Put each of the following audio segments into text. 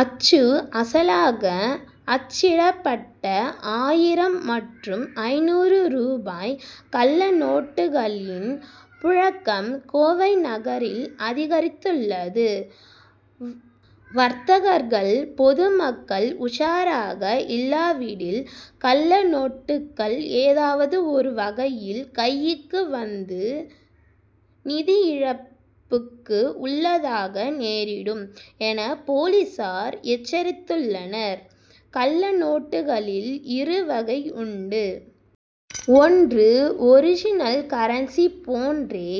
அச்சு அசலாக அச்சிடப்பட்ட ஆயிரம் மற்றும் ஐந்நூறு ரூபாய் கள்ளநோட்டுகளின் புழக்கம் கோவை நகரில் அதிகரித்துள்ளது. வர்த்தகர்கள் பொதுமக்கள் உஷாராக இல்லாவிடில் கள்ளநோட்டுகள் ஏதாவது ஒரு வழியில் கைக்கு வந்து நிதியிழப்புக்கு உள்ளாக நேரிடும் என போலீசார் எச்சரித்துள் ளனர். கள்ளநோட்டுகளில் இரு வகை உண்டு. ஒன்று ஒரிஜினல் கரன்சி போன்றே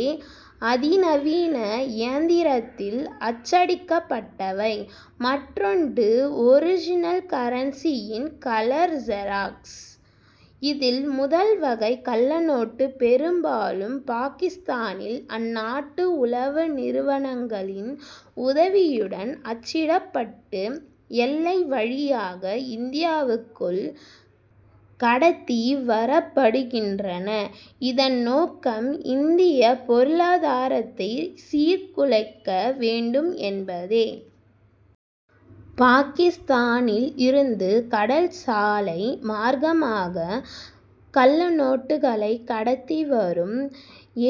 அதிநவீன இயந்திரத்தில் அச்சடிக்கப்பட்டவை. மற் றொன்று ஒரிஜினல் கரன்சி யின் கலர் ஜெராக்ஸ். இதில் முதல் வகை கள்ளநோட்டு பெரும் பாலும் பாகிஸ்தானில் அந் நாட்டு உளவு நிறுவனங் களின் உதவியுடன் அச் சிடப்பட்டு எல்லை வழியாக இந்தியாவுக்குள் கடத்தி வரப்படுகின்றன இதன் நோக்கம் இந்திய பொருளாதாரத்தை சீர் குலைக்க வேண்டும் என் பதே. பாகிஸ்தானில் இருந்து கடல் சாலை மார்க்கமாக கள்ளநோட்டுகளை கடத்தி வரும்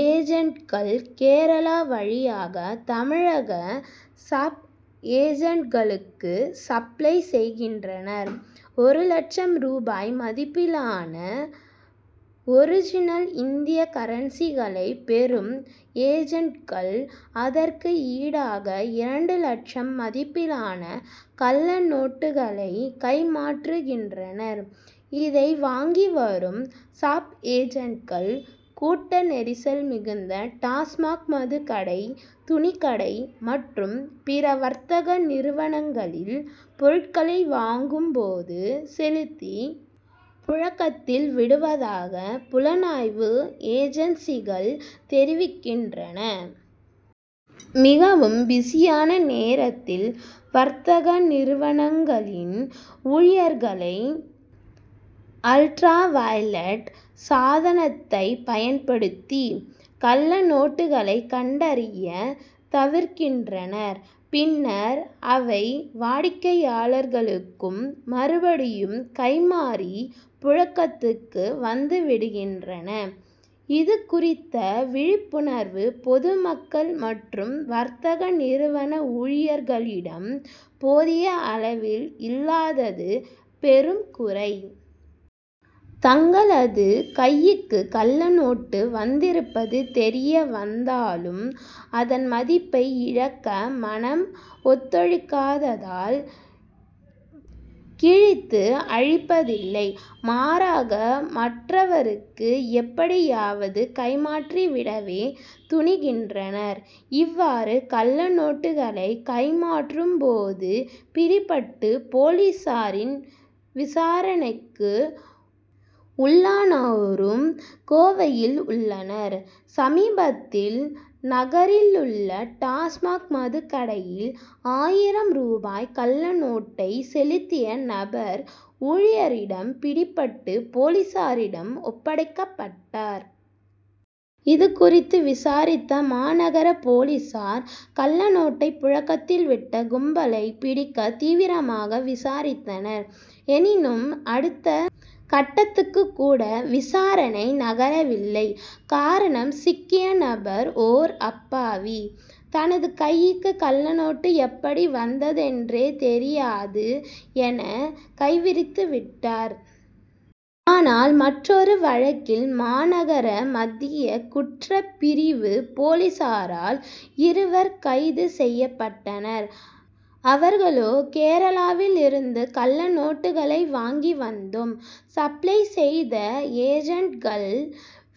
ஏஜன்ட்கள் கேரளா வழியாக தமிழக சப் ஏஜன்ட்களுக்கு சப்ளை செய்கின்றனர். ஒரு லட்சம் ரூபாய் மதிப்பிலான ஒரிஜினல் இந்திய கரன்சிகளை பெறும் ஏஜன்ட்கள் அதற்கு ஈடாக இரண்டு லட்சம் மதிப்பிலான கள்ளநோட்டுகளை கைமாற்றுகின்றனர். இதை வாங்கி வரும் சப் ஏஜன்ட்கள் கூட்ட நெரிசல் மிகுந்த டாஸ்மாக் மதுக்கடை துணிக்கடை மற்றும் பிற வர்த்தக நிறுவனங்களில் பொருட்களை வாங்கும் போது செலுத்தி புழக்கத்தில் விடுவதாக புலனாய்வு ஏஜன்சிகள் தெரிவிக்கின்றன. மிகவும் பிஸியான நேரத்தில் வர்த்தக நிறுவனங்களின் ஊழியர்கள் அல்ட்ரா வயலட் சாதனத்தை பயன்படுத்தி கள்ளநோட்டுகளை கண்டறிய தவறுகின்றனர். பின்னர் அவை வாடிக்கையாளர்களுக்கு மறுபடியும் கைமாறி புழக்கத்துக்கு வந்துவிடுகின்றன. இது குறித்த விழிப் புணர்வு பொதுமக்கள் மற்றும் வர்த்தக நிறுவன ஊழியர்களிடம் போதிய அளவில் இல்லாதது பெரும் குறை. தங்களது கைக்கு கள்ள நோட்டு வந்திருப்பது தெரிய வந்தாலும் அதன் மதிப்பை இழக்க மனம் ஒத்துழைக்காததால் கிழித்து அழிப்பதில்லை. மாறாக மற்றவருக்கு எப்படியாவது கைமாற்றிவிடவே துணிகின்றனர். இவ்வாறு கள்ளநோட்டுகளை கைமாற்றும் போது பிடிபட்டு போலீசாரின் விசாரணைக்கு உள்ளானோரும் கோவையில் உள்ளனர். சமீபத்தில் நகரிலுள்ள டாஸ்மாக் மதுக் கடையில் ஆயிரம் ரூபாய் கள்ள நோட்டை செலுத்திய நபர் ஊழியரிடம் பிடிபட்டு போலீசாரிடம் ஒப்படைக்கப்பட்டார். இது குறித்து விசாரித்த மாநகர போலீசார் கள்ளநோட்டை புழக்கத்தில் விட்ட கும்பலை பிடிக்க தீவிரமாக விசாரித்தனர். எனினும் அடுத்த கட்டத் துக்கு கூட விசாரணை நகரவில்லை காரணம் சிக்கிய நபர் ஓர் அப்பாவி. தனது கைக்கு கள்ளநோட்டு எப்படி வந்ததென்றே தெரியாது என கைவிரித்து விட்டார். ஆனால் மற்றொரு வழக்கில் மாநகர மத்திய குற்றப்பிரிவு போலீசாரால் இருவர் கைது செய்யப்பட்டனர். அவர்களோ கேரளாவில் இருந்து கள்ளநோட்டுகளை வாங்கி வந்தோம். சப்ளை செய்த ஏஜன்ட்கள்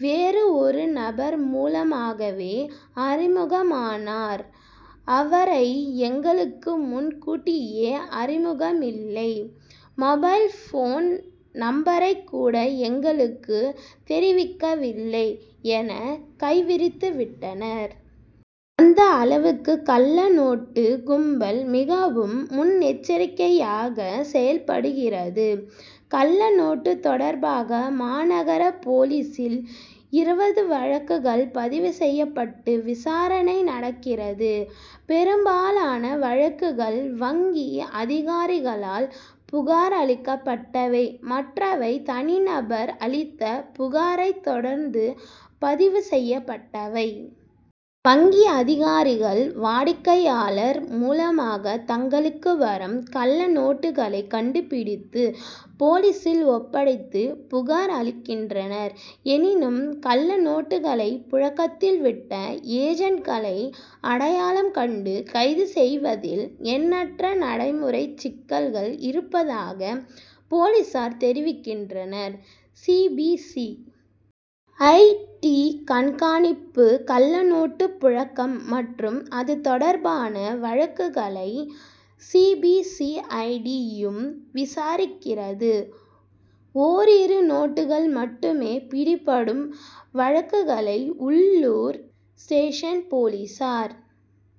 வேறு ஒரு நபர் மூலமாகவே அறிமுகமானார். அவரை எங்களுக்கு முன் கூட்டியே அறிமுகமில்லை. மொபைல் போன் நம்பரை கூட எங்களுக்கு தெரிவிக்கவில்லை என கைவிரித்துவிட்டனர். அந்த அளவுக்கு கள்ளநோட்டு கும்பல் மிகவும் முன்னெச்சரிக்கையாக செயல்படுகிறது. கள்ளநோட்டு தொடர் பாக மாநகர போலீசில் இருபது வழக்குகள் பதிவு செய்யப் பட்டு விசாரணை நடக் கிறது. பெரும்பாலான வழக்குகள் வங்கி அதிகாரிகளால் புகார் அளிக்கப்பட்டவை மற்றவை தனி நபர்கள் அளித்த புகாரை தொடர்ந்து பதிவு செய்யப்பட்டவை. வங்கி அதிகாரிகள் வாடிக்கையாளர் மூலமாக தங்களுக்கு வரும் கள்ளநோட்டுகளை கண்டுபிடித்து போலீசில் ஒப் படைத்து புகார் அளிக்கின்றனர். எனினும் கள்ளநோட்டுகளை புழக்கத்தில் விட்ட ஏஜன்ட்களை அடையாளம் கண்டு கைது செய் வதில் எண்ணற்ற நடைமுறை சிக்கல்கள் இருப்பதாக போலீசார் தெரிவிக் கின்றனர். C. B. C. I. D. கண்காணிப்பு கள்ளநோட்டு புழக்கம் மற்றும் அது தொடர்பான வழக்குகளை C. B. C. I. D. யும் விசாரிக்கிறது. ஓரிரு நோட்டுகள் மட்டுமே பிடிபடும் வழக்குகளை உள்ளூர் ஸ்டேஷன் போலீசார்